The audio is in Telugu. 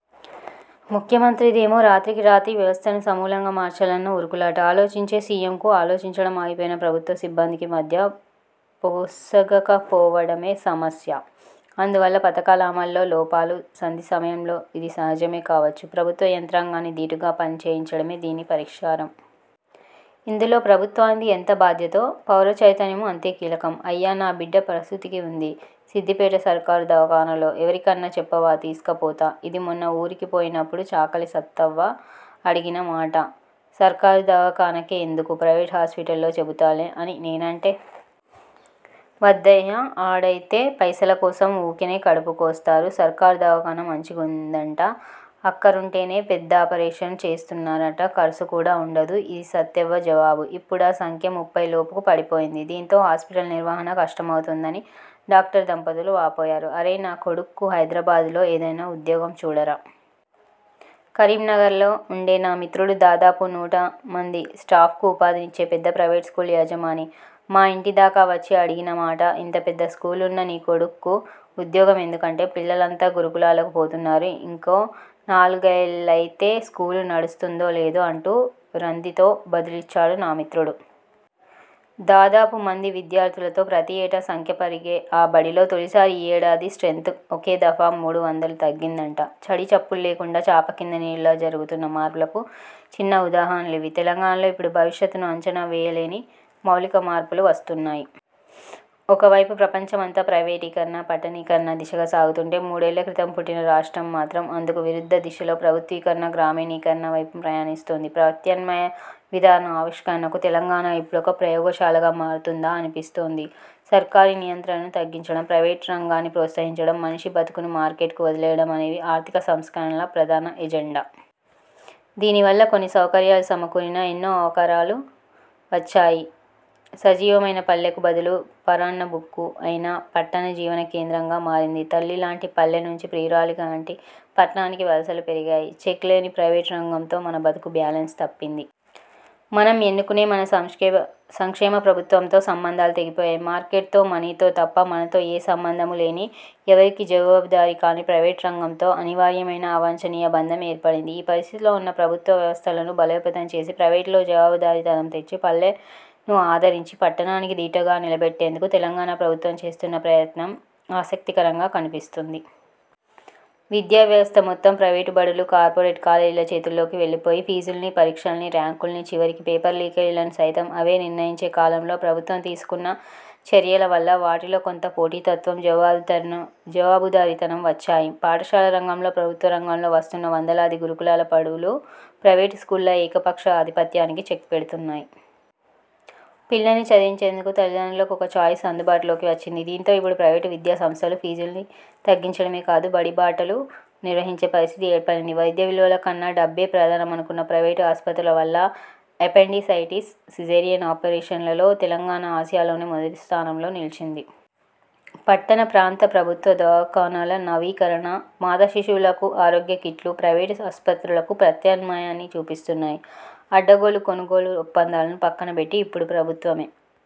ముఖ్యమంత్రిదేమో రాత్రికి రాత్రి వ్యవస్థను సమూలంగా మార్చాలన్న ఉరుకులాట! ఆలోచించే సీఎంకు, ఆలోచించడం ఆగిపోయిన ప్రభుత్వ సిబ్బందికి మధ్య పోసగకపోవడమే సమస్య. అందువల్లే పథకాల అమల్లో లోపాలు. సంధి సమయంలో ఇది సహజమే కావచ్చు. ప్రభుత్వ యంత్రాంగాన్ని దీటుగా పని చేయించడమే దీనికి పరిష్కారం. ఇందులో ప్రభుత్వానిది ఎంత బాధ్యతో, పౌర చైతన్యమూ అంతే కీలకం. ''అయ్యా.. నా బిడ్డ ప్రసూతికి ఉంది. సిద్దిపేట సర్కారు దవాఖానలో ఎవరికన్న చెప్పవా? తీస్కపోత'' ఇది మొన్న ఊరికి పోయినప్పడు చాకలి సత్తెవ్వ అడిగిన మాట. ''సర్కారు దవాఖానకే ఎందుకు? ప్రైవేటు హాస్పిటల్లో చెబుతాలే'' అని నేనంటే. ''వద్దయ్యా. ఆడైతే పైసల కోసం ఊకెనే కడుపు కోస్తరు. సర్కారు దవాఖాన మంచిగుందట. అక్కరుంటేనే పెద్దాపరేషన్ చేస్తన్నరట. కర్సు కూడా ఉండదు'' ఇది సత్తెవ్వ జవాబు. ఇప్పుడా సంఖ్య ముప్పై లోపుకు పడిపోయింది దీంతో హాస్పిటల్ నిర్వహణ కష్టమవుతోందని డాక్టర్ దంపతులు వాపోయారు. ''అరేయ్.. నా కొడుక్కు హైదరాబాద్లో ఏదైనా ఉద్యోగం చూడరా? కరీంనగర్లో ఉండే నా మిత్రుడు, దాదాపు నూట మంది స్టాఫ్కు ఉపాధినిచ్చే పెద్ద ప్రైవేటు స్కూలు యజమాని, మా ఇంటి దాకా వచ్చి అడిగిన మాట ఇంత పెద్ద స్కూలున్న నీ కొడుక్కు ఉద్యోగం ఎందుకంటే '' పిల్లలంతా గురుకులాలకు పోతున్నారు. ఇంకో నాలుగేళ్లు ఐతే స్కూలు నడుస్తుందో లేదో '' అంటూ రంధితో బదులిచ్చాడు నా మిత్రుడు! దాదాపు మంది విద్యార్థులతో, ప్రతి ఏటా సంఖ్య పెరిగే ఆ బడిలో, తొలిసారి ఈ ఏడాది స్ర్టెంత్ ఒకే దఫా మూడు వందలు తగ్గిందట! చడీచప్పుడు లేకుండా, చాపకింద నీరులా జరుగుతున్న మార్పులకు చిన్న ఉదాహరణలివి. తెలంగాణలో ఇప్పుడు 'భవిష్యత్తును అంచనా వేయలేని' మౌలికమైన మార్పులు వస్తున్నాయి. ఒకవైపు ప్రపంచమంతా ప్రైవేటీకరణ, పట్టణీకరణ దిశగా సాగుతుంటే, మూడేళ్ల క్రితం పుట్టిన రాష్ట్రం మాత్రం, అందుకు విరుద్ధ దిశలో ప్రభుత్వీకరణ, గ్రామీణీకరణ వైపు ప్రయాణిస్తోంది! ప్రత్యామ్నాయ విధాన ఆవిష్కరణకు తెలంగాణ ఇప్పుడొక ప్రయోగశాలగా మారుతోందా అనిపిస్తోంది. సర్కారీ నియంత్రణను తగ్గించడం, ప్రైవేటు రంగాన్ని ప్రోత్సహించడం, మనిషి బతుకును మార్కెట్కు వదిలేయడం అనేవి ఆర్థిక సంస్కరణల ప్రధాన ఎజెండా. దీనివల్ల కొన్ని సౌకర్యాలు సమకూరినా, ఎన్నో అవకరాలూ వచ్చాయి. సజీవమైన పల్లెకు బదులు, పరాన్న భుక్కు అయిన పట్టణం జీవన కేంద్రంగా మారింది. తల్లిలాంటి పల్లె నుంచి ప్రియురాలి లాంటి పట్నానికి వలసలు పెరిగాయి. చెక్ లేని ప్రైవేటు రంగంతో మన బతుకు బ్యాలెన్స్ తప్పింది. 'మనం ఎన్నుకునే, మన సంక్షేబ సంక్షేమ ప్రభుత్వం'తో సంబంధాలు తెగిపోయి, మార్కెట్తో, మనీతో తప్ప మనతో ఏ అనుబంధమూ లేని, ఎవరికీ జవాబుదారీ కాని ప్రైవేటు రంగంతో అనివార్యమైన, అవాంఛనీయ బంధం ఏర్పడింది. ఈ పరిస్థితిలో ప్రభుత్వ వ్యవస్థలను బలోపేతం చేసి, ప్రైవేటులో జవాబుదారీ తనం తెచ్చి, పల్లెను ఆదరించి, పట్నానికి దీటుగా నిలబెట్టేందుకు తెలంగాణ ప్రభుత్వం చేస్తున్న ప్రయత్నం ఆసక్తికరంగా కనిపిస్తుంది. విద్యావ్యవస్థ మొత్తం ప్రైవేటు బడులు, కార్పొరేట్ కాలేజీల చేతుల్లోకి వెళ్లిపోయి, ఫీజుల్ని, పరీక్షల్ని, ర్యాంకుల్ని, చివరికి పేపర్ లీకేజీలను సైతం అవే నిర్ణయించే కాలంలో ప్రభుత్వం తీసుకున్న చర్యల వల్ల వాటిలో కొంత పోటీతత్వం, జవాబితరుణం జవాబుదారీ తనం వచ్చాయి. పాఠశాల రంగంలో ప్రభుత్వ రంగంలో వస్తున్న వందలాది గురుకుల బడులు ప్రైవేటు స్కూళ్ల ఏకపక్ష ఆధిపత్యానికి చెక్ పెడుతున్నాయి. పిల్లల్ని చదివించేందుకు తల్లిదండ్రులకు ఒక 'చాయిస్' అందుబాటులోకి వచ్చింది. దీంతో ఇప్పుడు ప్రైవేటు విద్యా సంస్థలు ఫీజుల్ని తగ్గించడమే కాదు బడి బాటలు నిర్వహించే పరిస్థితి ఏర్పడింది. వైద్య విలువల కన్నా డబ్బే ప్రధానమనుకున్న ప్రైవేటు ఆస్పత్రుల వల్ల, అపెండిసైటిస్, సిజేరియన్ ఆపరేషన్లలో తెలంగాణ ఆసియాలోనే మొదటి స్థానంలో నిలిచింది. పట్టణ ప్రాంత ప్రభుత్వ దవాఖానాల నవీకరణ, మాతా శిశువులకు ఆరోగ్య కిట్లు ప్రైవేటు ఆస్పత్రులకు ప్రత్యామ్నాయాన్ని చూపిస్తున్నాయి. అడ్డగోలు కొనుగోలు ఒప్పందాలను పక్కనబెట్టి ఇప్పుడు ప్రభుత్వమే